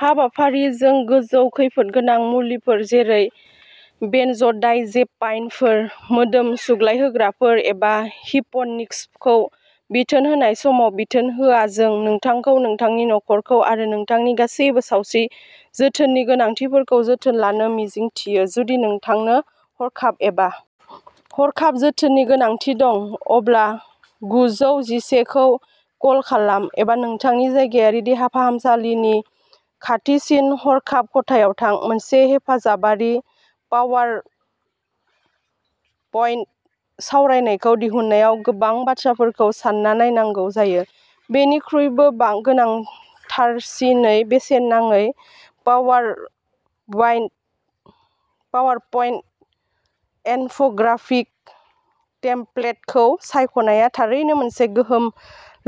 हाबाफारि जों गोजौ खैफोदगोनां मुलिफोर जेरै बेनज'डायजेपाइनफोर मोदोम सुग्लायहोग्राफोर एबा हिप'निक्सखौ बिथोन होनाय समाव बिथोन होआ जों नोंथांखौ नोंथांनि नखरखौ आरो नोंथांनि गासिबो सावस्रि जोथोननि गोनांथिफोरखौ जोथोन लानो मिजिंथियो। जुदि नोंथांनो हरखाब एबा हरखाब जोथोननि गोनांथि दं अब्ला गुजौ जिसे खौ कल खालाम एबा नोंथांनि जायगायारि देहा फाहामसालिनि खाथिसिन हरखाब खथायाव थां मोनसे हेफाजाबारि पावारप्वइन्ट सावरायनायखौ दिहुननायाव गोबां बाथ्राफोरखौ सानना नायनांगौ जायो बयनिख्रुइबो गोनांथारसिनै बेसेन नाङै पावारप्वइन्ट इनफ'ग्राफिक टेमप्लेटखौ सायख'नाया थारैनो मोनसे गोहोम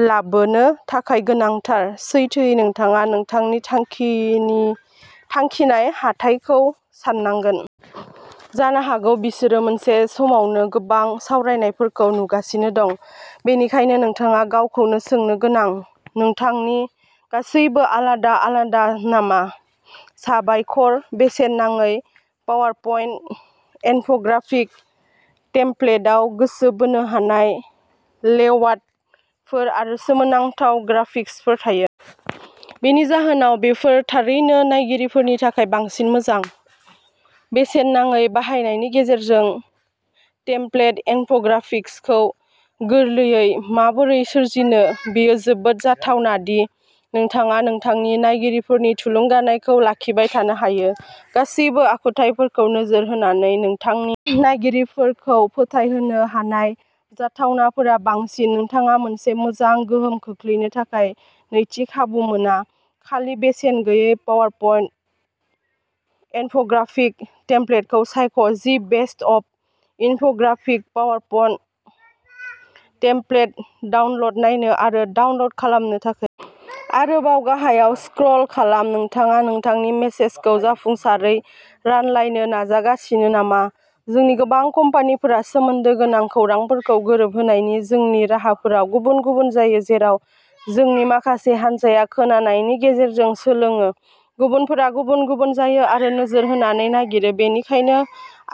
लाबोनो थाखाय गोनांथार सैथोयै नोंथाङा नोंथांनि थांखिनाय हाथाइखौ साननांगोन। जानो हागौ बिसोरो मोनसे समावनो गोबां सावरायनायफोरखौ नुगासिनो दं बेनिखायनो नोंथाङा गावखौनो सोंनो गोनां नोंथांनि गासैबो आलादा आलादा नामा साबायखर बेसेन नाङै पावारप्वइन्ट इनफ'ग्राफिक टेमप्लेटआव गोसो बोनो हानाय लेआउटफोर आरो सोमोनांथाव ग्राफिक्सफोर थायो। बेनि जाहोनाव बेफोर थारैनो नायगिरिफोरनि थाखाय बांसिन मोजां। बेसेन नाङै बाहायनायनि गेजेरजों टेमप्लेट इनफ'ग्राफिक्सखौ गोरलैयै माबोरै सोरजिनो बेयो जोबोद जाथावना दि नोंथाङा नोंथांनि नायगिरिफोरनि थुलुंगानायखौ लाखिबाय थानो हायो गासिबो आखुथाइफोरखौ नोजोर होनानै नोंथांनि नायगिरिफोरखौ फोथायहोनो हानाय जाथावनाफोरा बांसिन नोंथाङा मोनसे मोजां गोहोम खोख्लैनो थाखाय नैथि खाबु मोना खालि बेसेन गैयै पावारप'न्ट इनफ'ग्राफिक टेमप्लेटखौ सायख' the best of infographic PowerPoint template download नायनो आरो डाउनल'ड खालामनो थाखाय आरोबाव गाहायाव स्क्रोल खालाम नोंथाङा नोंथांनि मेसेजखौ जाफुंसारै रानलायनो नाजागासिनो नामा जोंनि गोबां कम्पानिफोरा सोमोन्दो गोनां खौरांफोरखौ गोरोबहोनायनि जोंनि राहाफोराव गुबुन गुबुन जायो जेराव जोंनि माखासे हान्जाया खोनानायनि गेजेरजों सोलोङो गुबुनफोरा गुबुन गुबुन जायो आरो नोजोर होनानै नागिरो बेनिखायनो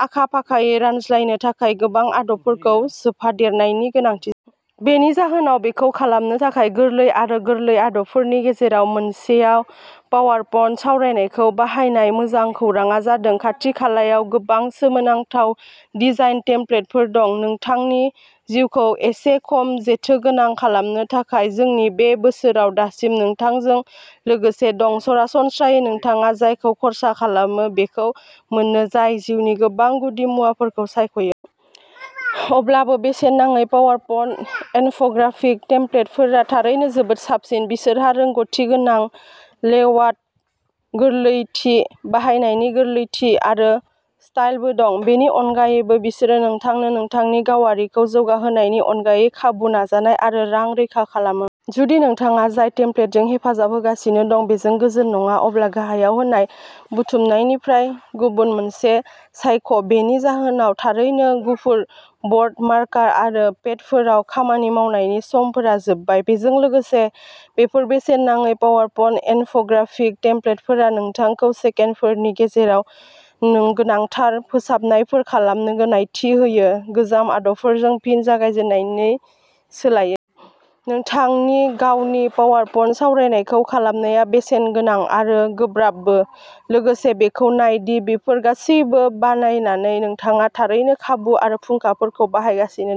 आखा फाखायै रायज्लायनो थाखाय गोबां आदबफोरखौ सोफादेरनायनि गोनांथि जायो। बेनि जाहोनाव बेखौ खालामनो थाखाय गोरलै आरो गोरलै आदबफोरनि गेजेराव मोनसेआ पावारप'न्ट सावरायनायखौ बाहायनाय। मोजां खौरांआ जादों खाथि-खालायाव गोबां सोमोनांथाव डिजाइन टेमप्लेटफोर दं। नोंथांनि जिउखौ एसे खम जेथोगोनां खालामनो थाखाय जोंनि बे बोसोराव दासिम नोंथांजों लोगोसे दं सरासनस्रायै नोंथाङा जायखौ खर्सा खालामो बेखौ मोनो जाय जिउनि गोबां गुदिमुवाफोरखौ सायख'यो। अब्लाबो बेसेन नाङै पावारप'न्ट इनफ'ग्राफिक टेमप्लेटफोरा थारैनो जोबोद साबसिन बिसोरहा रोंग'थि गोनां लेआउट गोरलैथि बाहायनायनि गोरलैथि आरो स्टाइलबो दं। बेनि अनगायैबो बिसोरो नोंथांनो नोंथांनि गावारिखौ जौगाहोनायनि अनगायै खाबु नाजानाय आरो रां रैखा खालामो। जुदि नोंथाङा जाय टेमप्लेटजों हेफाजाब होगासिनो दं बेजों गोजोन नङा अब्ला गाहायाव होनाय बुथुमनायनिफ्राय गुबुन मोनसे सायख'। बेनि जाहोनाव थारैनो गुफुर ब'र्ड मार्कार आरो पेडफोराव खामानि मावनायनि समफोरा जोबबाय। बेजों लोगोसे बेफोर बेसेन नाङै पावारप'न्ट इनफ'ग्राफिक टेमप्लेटफोरा नोंथांखौ सेकेन्डफोरनि गेजेराव गोनांथार फोसाबनायफोर खालामनो गनायथि होयो गोजाम आदबफोरजों फिन जागायजेन्नायनि सोलायै। नोंथांनि गावनि पावारप'न्ट सावरायनायखौ खालामनाया बेसेन गोनां आरो गोब्राबबो। लोगोसे बेखौ नाय दि बैफोर गासिबो बानायनानै नोंथाङा थारैनो खाबु आरो फुंखाफोरखौ बाहायगासिनो दं।